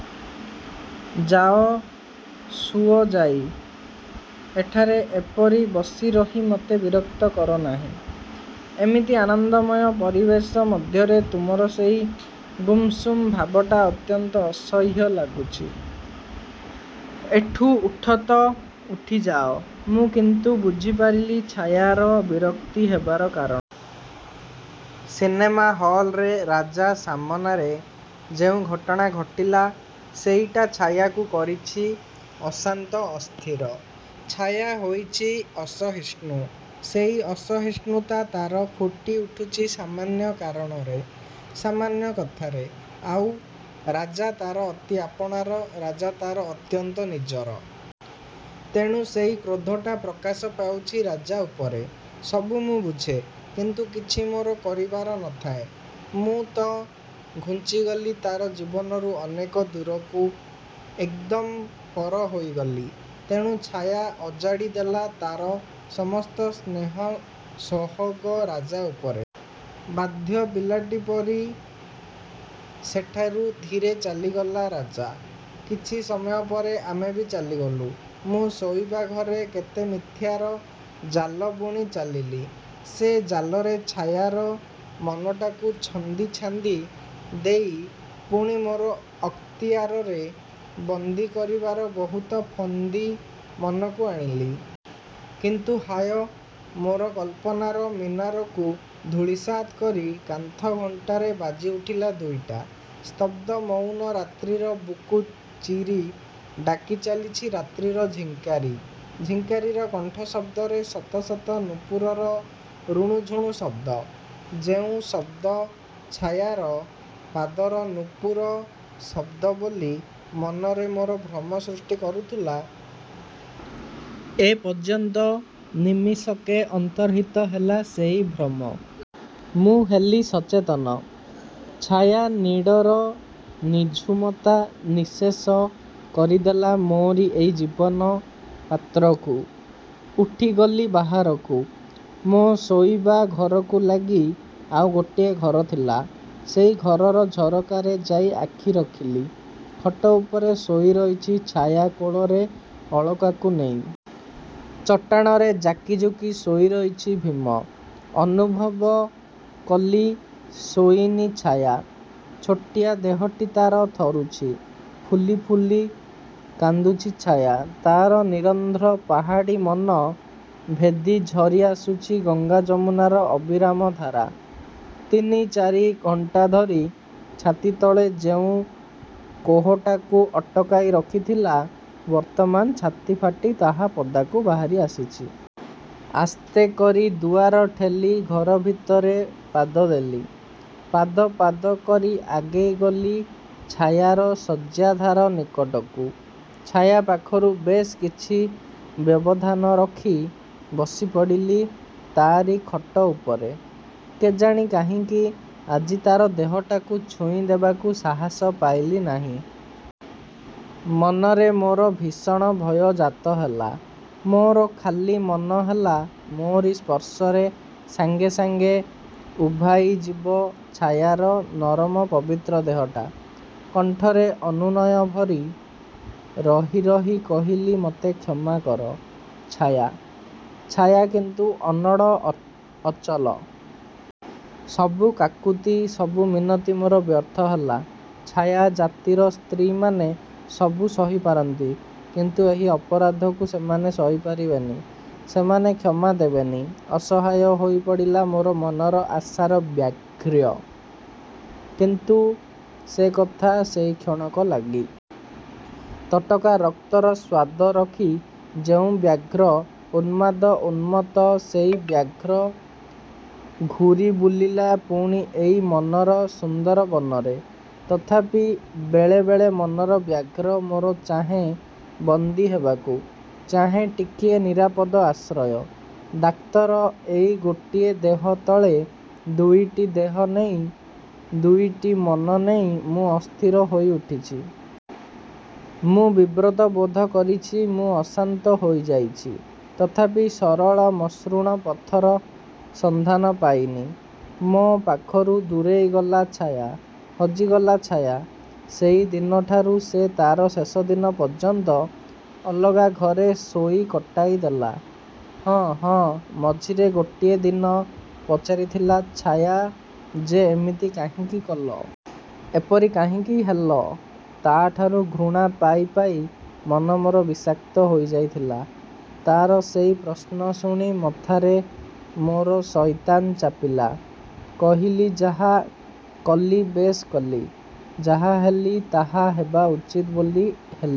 ଯାଅ, ଶୁଅ ଯାଇ। ଏଠାରେ ଏପରି ବସି ରହି ମୋତେ ବିରକ୍ତ କର ନାହିଁ। ଏମିତି ଆନନ୍ଦମୟ ପରିବେଶ ମଧ୍ୟରେ ତୁମର ସେଇ ଗୁମ୍‌ସୁମ୍ ଭାବଟା ଅତ୍ୟନ୍ତ ଅସହ୍ୟ ଲାଗୁଛି। ଏଠୁ ଉଠ ତ, ଉଠି ଯାଅ। ମୁଁ କିନ୍ତୁ ବୁଝି ପାରିଲି ଛାୟାର ବିରକ୍ତି ହେବାର କାରଣ। ସିନେମା ହଲ୍‌ରେ ରାଜା ସାମନାରେ ଯେଉଁ ଘଟଣା ଘଟିଲା ସେଇଟା ଛାୟାକୁ କରିଛି ଅଶାନ୍ତ ଅସ୍ଥିର। ଛାୟା ହୋଇଛି ଅସହିଷ୍ଣୁ। ସେଇ ଅସହିଷ୍ଣୁତା ତା'ର ଫୁଟି ଉଠୁଛି ସାମାନ୍ୟ କାରଣରେ, ସାମାନ୍ୟ କଥାରେ। ଆଉ ରାଜା ତା'ର ଅତି ଆପଣାର, ରାଜା ତା'ର ଅତ୍ୟନ୍ତ ନିଜର। ତେଣୁ ସେଇ କ୍ରୋଧଟା ପ୍ରକାଶ ପାଉଛି ରାଜା ଉପରେ। ସବୁ ମୁଁ ବୁଝେ, କିନ୍ତୁ କିଛି ମୋର କରିବାର ନ ଥାଏ। ମୁଁ ତ ଘୁଞ୍ଚି ଗଲି ତା'ର ଜୀବନରୁ ଅନେକ ଦୂରକୁ। ଏକଦମ୍ ପର ହୋଇଗଲି। ତେଣୁ ଛାୟା ଅଜାଡ଼ି ଦେଲା ତା'ର ସମସ୍ତ ସ୍ନେହ ସୋହଗ ରାଜା ଉପରେ। ବାଧ୍ୟ ପିଲାଟି ପରି ସେଠାରୁ ଧୀରେ ଚାଲିଗଲା ରାଜା। କିଛି ସମୟ ପରେ ଆମେ ବି ଚାଲିଗଲୁ। ମୁଁ ଶୋଇବା ଘରେ କେତେ ମିଥ୍ୟାର ଜାଲ ବୁଣି ଚାଲିଲି। ସେ ଜାଲରେ ଛାୟାର ମନଟାକୁ ଛନ୍ଦି ଛାନ୍ଦି ଦେଇ ପୁଣି ମୋର ଅକ୍ତିଆରରେ ବନ୍ଦୀ କରିବାର ବହୁତ ଫନ୍ଦି ମନକୁ ଆଣିଲି। କିନ୍ତୁ ହାୟ, ମୋର କଳ୍ପନାର ମୀନାରକୁ ଧୂଳିସାତ୍ କରି କାନ୍ଥ ଘଣ୍ଟାରେ ବାଜି ଉଠିଲା ଦୁଇଟା। ସ୍ତବ୍ଧ ମଉନ ରାତ୍ରିର ବୁକୁ ଚିରି ଡାକି ଚାଲିଛି ରାତ୍ରିର ଝିଙ୍କାରୀ। ଝିଙ୍କାରୀର କଣ୍ଠ ଶବ୍ଦରେ ଶତ ଶତ ନୂପୁରର ରୁଣୁଝୁଣୁ ଶବ୍ଦ। ଯେଉଁ ଶବ୍ଦ ଛାୟାର ପାଦର ନୂପୁର ଶବ୍ଦ ବୋଲି ମନରେ ମୋର ଭ୍ରମ ସୃଷ୍ଟି କରୁଥିଲା ଏ ପର୍ଯ୍ୟନ୍ତ, ନିମିଷକେ ଅନ୍ତର୍ହିତ ହେଲା ସେଇ ଭ୍ରମ। ମୁଁ ହେଲି ସଚେତନ। "ଛାୟାନୀଡ଼"ର ନିଝୁମତା ନିଃଶେଷ କରିଦେଲା ମୋରି ଏଇ ଜୀବନ ପାତ୍ରକୁ। ଉଠି ଗଲି ବାହାରକୁ। ମୋ ଶୋଇବା ଘରକୁ ଲାଗି ଆଉ ଗୋଟିଏ ଘର ଥିଲା। ସେଇ ଘରର ଝରକାରେ ଯାଇ ଆଖି ରଖିଲି। ଖଟ ଉପରେ ଶୋଇ ରହିଛି ଛାୟା କୋଳରେ ଅଳକାକୁ ନେଇ। ଚଟାଣରେ ଜାକି ଜୁକି ଶୋଇ ରହିଛି ଭୀମ। ଅନୁଭବ କଲି ଶୋଇନି ଛାୟା। ଛୋଟିଆ ଦେହଟି ତା'ର ଥରୁଛି, ଫୁଲି ଫୁଲି କାନ୍ଦୁଛି ଛାୟା। ତା'ର ନିରନ୍ଧ୍ର ପାହାଡ଼ି ମନ ଭେଦି ଝରି ଆସୁଛି ଗଙ୍ଗାଯମୁନାର ଅବିରାମ ଧାରା। ତିନି ଚାରି ଘଣ୍ଟା ଧରି ଛାତି ତଳେ ଯେଉଁ କୋହଟାକୁ ଅଟକାଇ ରଖିଥିଲା, ବର୍ତ୍ତମାନ ଛାତି ଫାଟି ତାହା ପଦାକୁ ବାହାରି ଆସିଛି। ଆସ୍ତେ କରି ଦୁଆର ଠେଲି ଘର ଭିତରେ ପାଦ ଦେଲି। ପାଦ ପାଦ କରି ଆଗେଇ ଗଲି ଛାୟାର ଶଯ୍ୟାଧାର ନିକଟକୁ। ଛାୟା ପାଖରୁ ବେଶ୍ କିଛି ବ୍ୟବଧାନ ରଖି ବସି ପଡ଼ିଲି ତା'ରି ଖଟ ଉପରେ। କେଜାଣି କାହିଁକି ଆଜି ତା'ର ଦେହଟାକୁ ଛୁଇଁ ଦେବାକୁ ସାହାସ ପାଇଲି ନାହିଁ। ମନରେ ମୋର ଭୀଷଣ ଭୟ ଜାତ ହେଲା। ମୋର ଖାଲି ମନ ହେଲା ମୋରି ସ୍ପର୍ଶରେ ସାଙ୍ଗେ ସାଙ୍ଗେ ଉଭାଇ ଯିବ ଛାୟାର ନରମ ପବିତ୍ର ଦେହଟା। କଣ୍ଠରେ ଅନୁନୟ ଭରି, ରହି ରହି କହିଲି ମତେ କ୍ଷମା କର ଛାୟା। ଛାୟା କିନ୍ତୁ ଅନଡ଼, ଅଚଳ। ସବୁ କାକୁତି, ସବୁ ମିନତି ମୋର ବ୍ୟର୍ଥ ହେଲା। ଛାୟା ଜାତିର ସ୍ତ୍ରୀମାନେ ସବୁ ସହି ପାରନ୍ତି, କିନ୍ତୁ ଏହି ଅପରାଧକୁ ସେମାନେ ସହି ପାରିବେନି। ସେମାନେ କ୍ଷମା ଦେବେନି। ଅସହାୟ ହୋଇ ପଡ଼ିଲା ମୋର ମନର ଆଶାର ବ୍ୟାଘ୍ର। କିନ୍ତୁ ସେକଥା ସେଇ କ୍ଷଣକ ଲାଗି। ତଟକା ରକ୍ତର ସ୍ୱାଦ ରଖି ଯେଉଁ ବ୍ୟାଘ୍ର ଉନ୍ମାଦ, ଉନ୍ମତ୍ତ, ସେଇ ବ୍ୟାଘ୍ର ଘୂରି ବୁଲିଲା ପୁଣି ଏଇ ମନର ସୁନ୍ଦରବନରେ। ତଥାପି ବେଳେ ବେଳେ ମନର ବ୍ୟାଘ୍ର ମୋର ଚାହେଁ ବନ୍ଦୀ ହେବାକୁ, ଚାହେଁ ଟିକିଏ ନିରାପଦ ଆଶ୍ରୟ। ଡାକ୍ତର, ଏଇ ଗୋଟିଏ ଦେହ ତଳେ ଦୁଇଟି ଦେହ ନେଇ, ଦୁଇଟି ମନ ନେଇ ମୁଁ ଅସ୍ଥିର ହୋଇ ଉଠିଛି। ମୁଁ ବିବ୍ରତ ବୋଧ କରିଛି, ମୁଁ ଅଶାନ୍ତ ହୋଇଯାଇଛି। ତଥାପି ସରଳ ମସୃଣ ପଥର ସନ୍ଧାନ ପାଇନି। ମୋ ପାଖରୁ ଦୂରେଇ ଗଲା ଛାୟା, ହଜିଗଲା ଛାୟା! ସେଇ ଦିନଠାରୁ ସେ ତା'ର ଶେଷ ଦିନ ପର୍ଯ୍ୟନ୍ତ ଅଲଗା ଘରେ ଶୋଇ କଟାଇ ଦେଲା। ହଁ, ହଁ, ମଝିରେ ଗୋଟିଏ ଦିନ ପଚାରିଥିଲା ଛାୟା ଯେ ଏମିତି କାହିଁକି କଲ? ଏପରି କାହିଁକି ହେଲ? ତା'ଠାରୁ ଘୃଣା ପାଇ ପାଇ ମନ ମୋର ବିଷାକ୍ତ ହୋଇଯାଇଥିଲା। ତା'ର ସେଇ ପ୍ରଶ୍ନ ଶୁଣି ମଥାରେ ମୋର ଶଇତାନ ଚାପିଲା। କହିଲି ଯାହା କଲି ବେଶ୍ କଲି, ଯାହା ହେଲି ତାହା ହେବା ଉଚିତ ବୋଲି ହେଲି।